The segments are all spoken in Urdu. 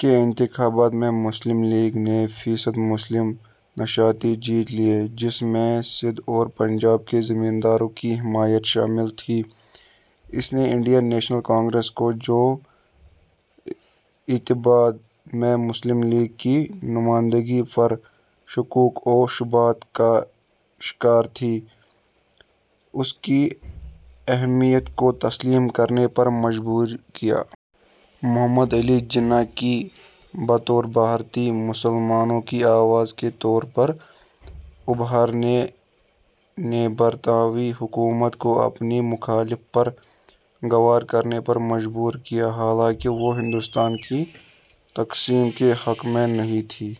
کے انتخابات میں مسلم لیگ نے فیصد مسلم نشستیں جیت لیں، جس میں سندھ اور پنجاب کے زمینداروں کی حمایت شامل تھی۔ اس نے انڈین نیشنل کانگریس کو، جو ابتدا میں مسلم لیگ کی نمائندگی پر شکوک و شبہات کا شکار تھی، اس کی اہمیت کو تسلیم کرنے پر مجبور کیا۔ محمد علی جناح کی بطور بھارتی مسلمانوں کی آواز کے طور پر ابھرنے نے برطانوی حکومت کو اپنے موقف پر غور کرنے پر مجبور کیا، حالانکہ وہ ہندوستان کی تقسیم کے حق میں نہیں تھے۔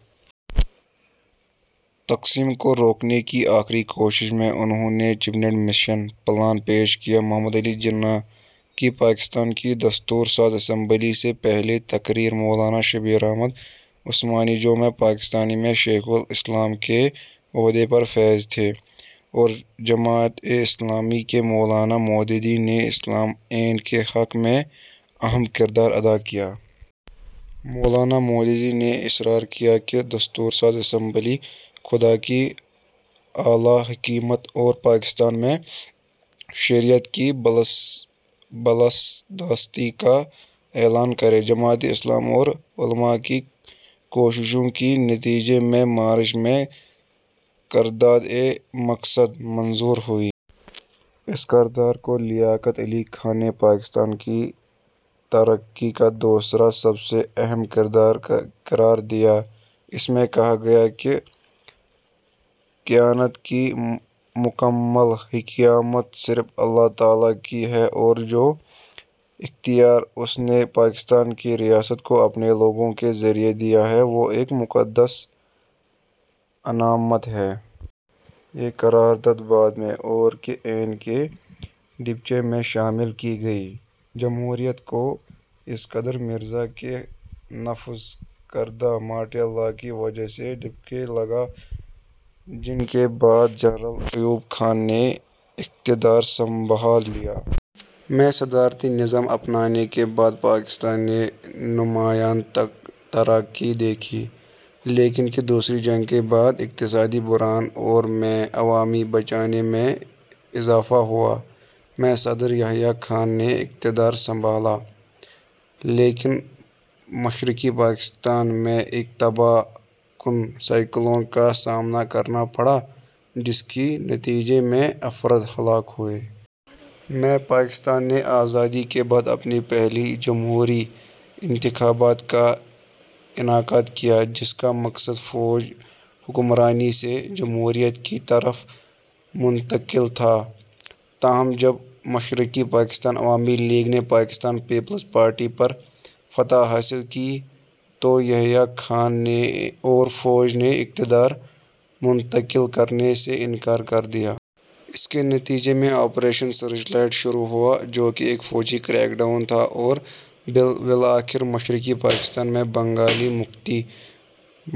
تقسیم کو روکنے کی آخری کوشش میں، انھوں نے کابینہ مشن پلان پیش کیا۔ —محمد علی جناح کی پاکستان کی دستور ساز اسمبلی سے پہلی تقریر مولانا شبیر احمد عثمانی، جو میں پاکستان میں شیخ الاسلام کے عہدے پر فائز تھے اور جماعت اسلامی کے مولانا مودودی نے اسلامی آئین کے حق میں اہم کردار ادا کیا۔ مولانا مودودی نے اصرار کیا کہ دستور ساز اسمبلی "خدا کی اعلیٰ حاکمیت" اور پاکستان میں شریعت کی بالادستی کا اعلان کرے۔ جماعت اسلامی اور علما کی کوششوں کے نتیجے میں مارچ میں قرارداد مقاصد منظور ہوئی۔ اس قرارداد کو لیاقت علی خان نے پاکستان کی تاریخ کا دوسرا سب سے اہم قدم قرار دیا۔ اس میں کہا گیا کہ "کائنات کی مکمل حاکمیت صرف اللہ تعالیٰ کی ہے اور جو اختیار اس نے پاکستان کی ریاست کو اپنے لوگوں کے ذریعے دیا ہے، وہ ایک مقدس امانت ہے"۔ یہ قرارداد بعد میں ، اور کے آئین کے دیباچے میں شامل کی گئی۔ جمہوریت کو اسکندر مرزا کے نافذ کردہ مارشل لا کی وجہ سے دھچکا لگا، جن کے بعد جنرل ایوب خان نے اقتدار سنبھالا۔ میں صدارتی نظام اپنانے کے بعد، پاکستان نے نمایاں ترقی دیکھی، لیکن کی دوسری جنگ کے بعد اقتصادی بحران اور میں عوامی بے چینی میں اضافہ ہوا۔ میں صدر یحییٰ خان نے اقتدار سنبھالا، لیکن مشرقی پاکستان میں ایک تباہ کن سائیکلون کا سامنا کرنا پڑا جس کے نتیجے میں افراد ہلاک ہوئے۔ میں، پاکستان نے آزادی کے بعد اپنے پہلے جمہوری انتخابات کا انعقاد کیا، جس کا مقصد فوجی حکمرانی سے جمہوریت کی طرف منتقلی تھا۔ تاہم، جب مشرقی پاکستانی عوامی لیگ نے پاکستان پیپلز پارٹی پر فتح حاصل کی، تو یحییٰ خان اور فوج نے اقتدار منتقل کرنے سے انکار کر دیا۔ اس کے نتیجے میں آپریشن سرچ لائٹ شروع ہوا، جو ایک فوجی کریک ڈاؤن تھا اور بالآخر مشرقی پاکستان میں بنگالی مکتی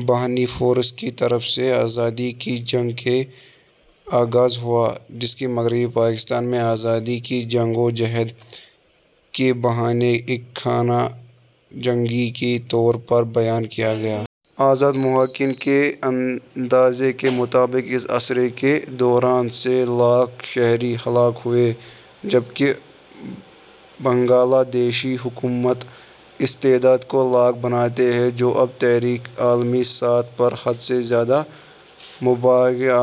باہنی فورسز کی طرف سے آزادی کی جنگ کا آغاز ہوا، جسے مغربی پاکستان میں آزادی کی جدوجہد کی بجائے ایک خانہ جنگی کے طور پر بیان کیا گیا۔ آزاد محققین کے اندازے کے مطابق اس عرصے کے دوران سے لاکھ شہری ہلاک ہوئے جبکہ بنگلہ دیشی حکومت اس تعداد کو لاکھ بتاتی ہے، جو اب تقریباً عالمی سطح پر حد سے زیادہ مبالغہ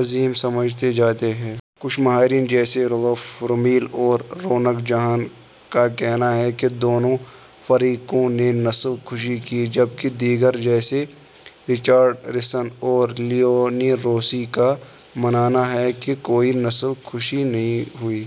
آمیز سمجھی جاتی ہے۔ کچھ ماہرین جیسے روڈولف رمل اور روناق جہاں کا کہنا ہے کہ دونوں فریقوں نے نسل کشی کی؛ جبکہ دیگر جیسے رچرڈ سیسن اور لیو ای روز کا ماننا ہے کہ کوئی نسل کشی نہیں ہوئی۔